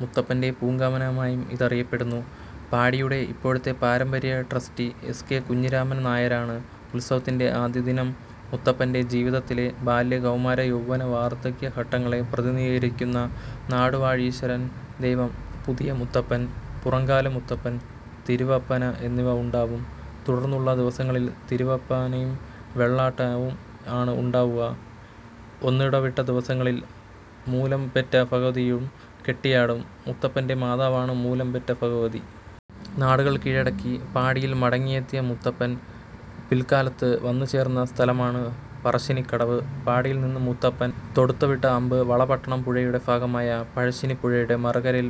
മുത്തപ്പന്റെ പൂങ്കാവനമായും ഇതറിയപ്പെടുന്നു. പാടിയുടെ ഇപ്പോഴത്തെ പാരമ്പര്യട്രസ്റ്റി എസ്. കെ. കുഞ്ഞിരാമൻ നായനാരാണ്. ഉത്സവത്തിന്റെ ആദ്യദിനം മുത്തപ്പന്റെ ജീവിതത്തിലെ ബാല്യ, കൗമാര, യൗവ്വന, വാർധക്യഘട്ടങ്ങളെ പ്രതിനിധീകരിക്കുന്ന നാടുവാഴീശൻ ദൈവം, പുതിയമുത്തപ്പൻ, പുറങ്കാല മുത്തപ്പൻ, തിരുവപ്പന എന്നിവ ഉണ്ടാവും. തുടർന്നുള്ള ദിവസങ്ങളിൽ തിരുവപ്പനയും വെള്ളാട്ടവും ആണ് ഉണ്ടാവുക. ഒന്നിടവിട്ട ദിവസങ്ങളിൽ മൂലംപെറ്റഭഗവതിയും കെട്ടിയാടും. മുത്തപ്പന്റെ മാതാവാണ് മൂലംപെറ്റ ഭഗവതി. നാടുകൾ കീഴടക്കി പാടിയിൽ മടങ്ങിയെത്തിയ മുത്തപ്പൻ പിൽക്കാലത്ത് വന്നുചേർന്ന സ്ഥലമാണ് പറശ്ശിനിക്കടവ്. പാടിയിൽ നിന്ന് മുത്തപ്പൻ തൊടുത്തുവിട്ട അമ്പ് വളപട്ടണം പുഴയുടെ ഭാഗമായ പറശ്ശിനി പുഴയുടെ മറുകരയിൽ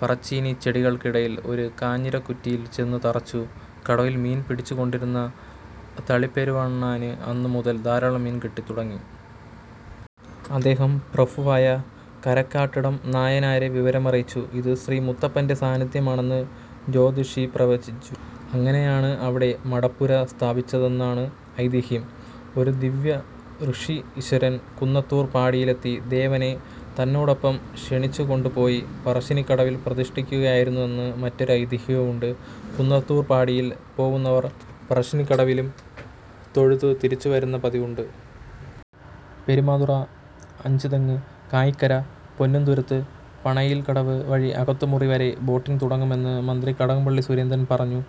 പറച്ചീനി ചെടികൾക്കിടയിൽ ഒരു കാഞ്ഞിരക്കുറ്റിയിൽ ചെന്നു തറച്ചു. കടവിൽ മീൻ പിടിച്ചുകൊണ്ടിരുന്ന തളിപെരുവണ്ണാന് അന്നു മുതൽ ധാരാളം മീൻ കിട്ടിത്തുടങ്ങി. അദ്ദേഹം പ്രഭുവായ കരക്കാട്ടിടം നായനാരെ വിവരമറിയിച്ചു. ഇത് ശ്രീമുത്തപ്പന്റെ സാന്നിധ്യമാണെന്ന് ജ്യോതിഷി പ്രവചിച്ചു. അങ്ങനെയാണവിടെ മടപ്പുര സ്ഥാപിച്ചതെന്നാണ് ഐതിഹ്യം. ഒരു ദിവ്യഋഷീശ്വരൻ കുന്നത്തൂർ പാടിയിലെത്തി ദേവനെ തന്നോടൊപ്പം ക്ഷണിച്ചുകൊണ്ടുപോയി പറശ്ശിനിക്കടവിൽ പ്രതിഷ്ഠിക്കുകയായിരുന്നെന്ന് മറ്റൊരു ഐതിഹ്യവും ഉണ്ട്. കുന്നത്തൂർ പാടിയിൽ പോവുന്നവർ പറശ്ശിനിക്കടവിലും തൊഴുതു തിരിച്ചുവരുന്ന പതിവുണ്ട്. പെരുമാതുറ, അഞ്ചുതെങ്ങ്, കായിക്കര, പൊന്നുംതുരുത്ത്, പണയില്കടവ് വഴി അകത്തുമുറി വരെ ബോട്ടിംഗ് തുടങ്ങുമെന്ന് മന്ത്രി കടകംപള്ളി സുരേന്ദ്രന് പറഞ്ഞു.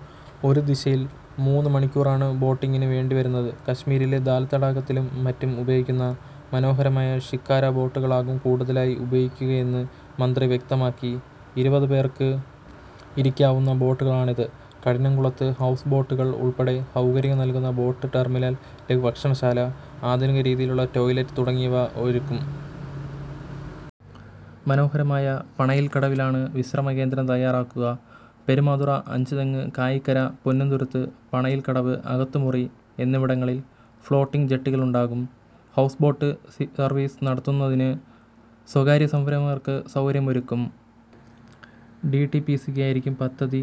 ഒരു ദിശയില് മൂന്ന് മണിക്കൂറാണ് ബോട്ടിങ്ങിന് വേണ്ടിവരുന്നത്. കശ്മീരിലെ ദാല് തടാകത്തിലും മറ്റും ഉപയോഗിക്കുന്ന മനോഹരമായ ഷിക്കാര ബോട്ടുകളാകും കൂടുതലായി ഉപയോഗിക്കുകയെന്ന് മന്ത്രി വ്യക്തമാക്കി. ഇരുപത് പേര്ക്ക് ഇരിക്കാവുന്ന ബോട്ടുകളാണിത്. കഠിനംകുളത്ത് ഹൗസ് ബോട്ടുകള്ക്ക് ഉള്പ്പെടെ സൗകര്യം നല്കുന്ന ബോട്ട് ടെര്മിനല്, ലഘുഭക്ഷണശാല, ആധുനികരീതിയിലുള്ള ടോയ്ലറ്റ് തുടങ്ങിയവ ഒരുക്കും. മനോഹരമായ പണയില്കടവിലാണ് വിശ്രമകേന്ദ്രം തയ്യാറാക്കുക. പെരുമാതുറ, അഞ്ചുതെങ്ങ്, കായിക്കര, പൊന്നുംതുരുത്ത്, പണയില്കടവ്, അകത്തുമുറി എന്നിവിടങ്ങളില് ഫ്ളോട്ടിങ് ജട്ടികളുമുണ്ടാകും. ഹൗസ്ബോട്ട് സര്വീസ് നടത്തുന്നതിന് സ്വകാര്യസംരംഭകര്ക്ക് സൗകര്യമൊരുക്കും. ഡിടിപിസിക്കായിരിക്കും പദ്ധതി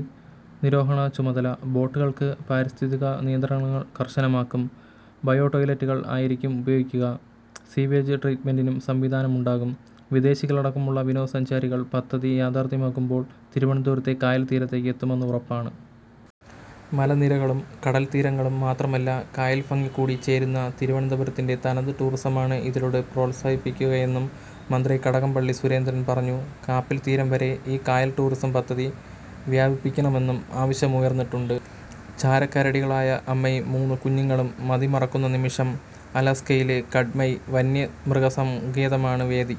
നിര്വഹണ ചുമതല. ബോട്ടുകള്ക്ക് പാരിസ്ഥിതിക നിയന്ത്രണങ്ങള് കര്ശനമാക്കും. ബയോടോയ് ലറ്റുകള് ആയിരിക്കും ഉപയോഗിക്കുക. സ്വീവേജ് ട്രീറ്റ്മെന്റിനും സംവിധാനമുണ്ടാകും. വിദേശികളടക്കമുള്ള വിനോദസഞ്ചാരികള് പദ്ധതി യാഥാര്ത്ഥ്യമാകുമ്പോള് തിരുവനന്തപുരത്തെ കായല് തീരത്തേക്ക് എത്തുമെന്ന് ഉറപ്പാണ്. മലനിരകളും, കടല്തീരങ്ങളും മാത്രമല്ല കായല് ഭംഗി കൂടി ചേരുന്ന തിരുവനന്തപുരത്തിന്റെ തനത് ടൂറിസമാണ് ഇതിലൂടെ പ്രോത്സാഹിപ്പിക്കുകയെന്നും മന്ത്രി കടകംപള്ളി സുരേന്ദ്രന് പറഞ്ഞു. കാപ്പില് തീരം വരെ ഈ കായല്ടൂറിസം പദ്ധതി വ്യാപിപ്പിക്കണമെന്നും ആവശ്യമുയര്ന്നിട്ടുണ്ട്. ചാരക്കരടികളായ അമ്മയും മൂന്ന് കുഞ്ഞുങ്ങളും മതിമറക്കുന്ന നിമിഷം. അലാസ്കയിലെ കട്മൈ വന്യമൃഗസങ്കേതമാണ് വേദി.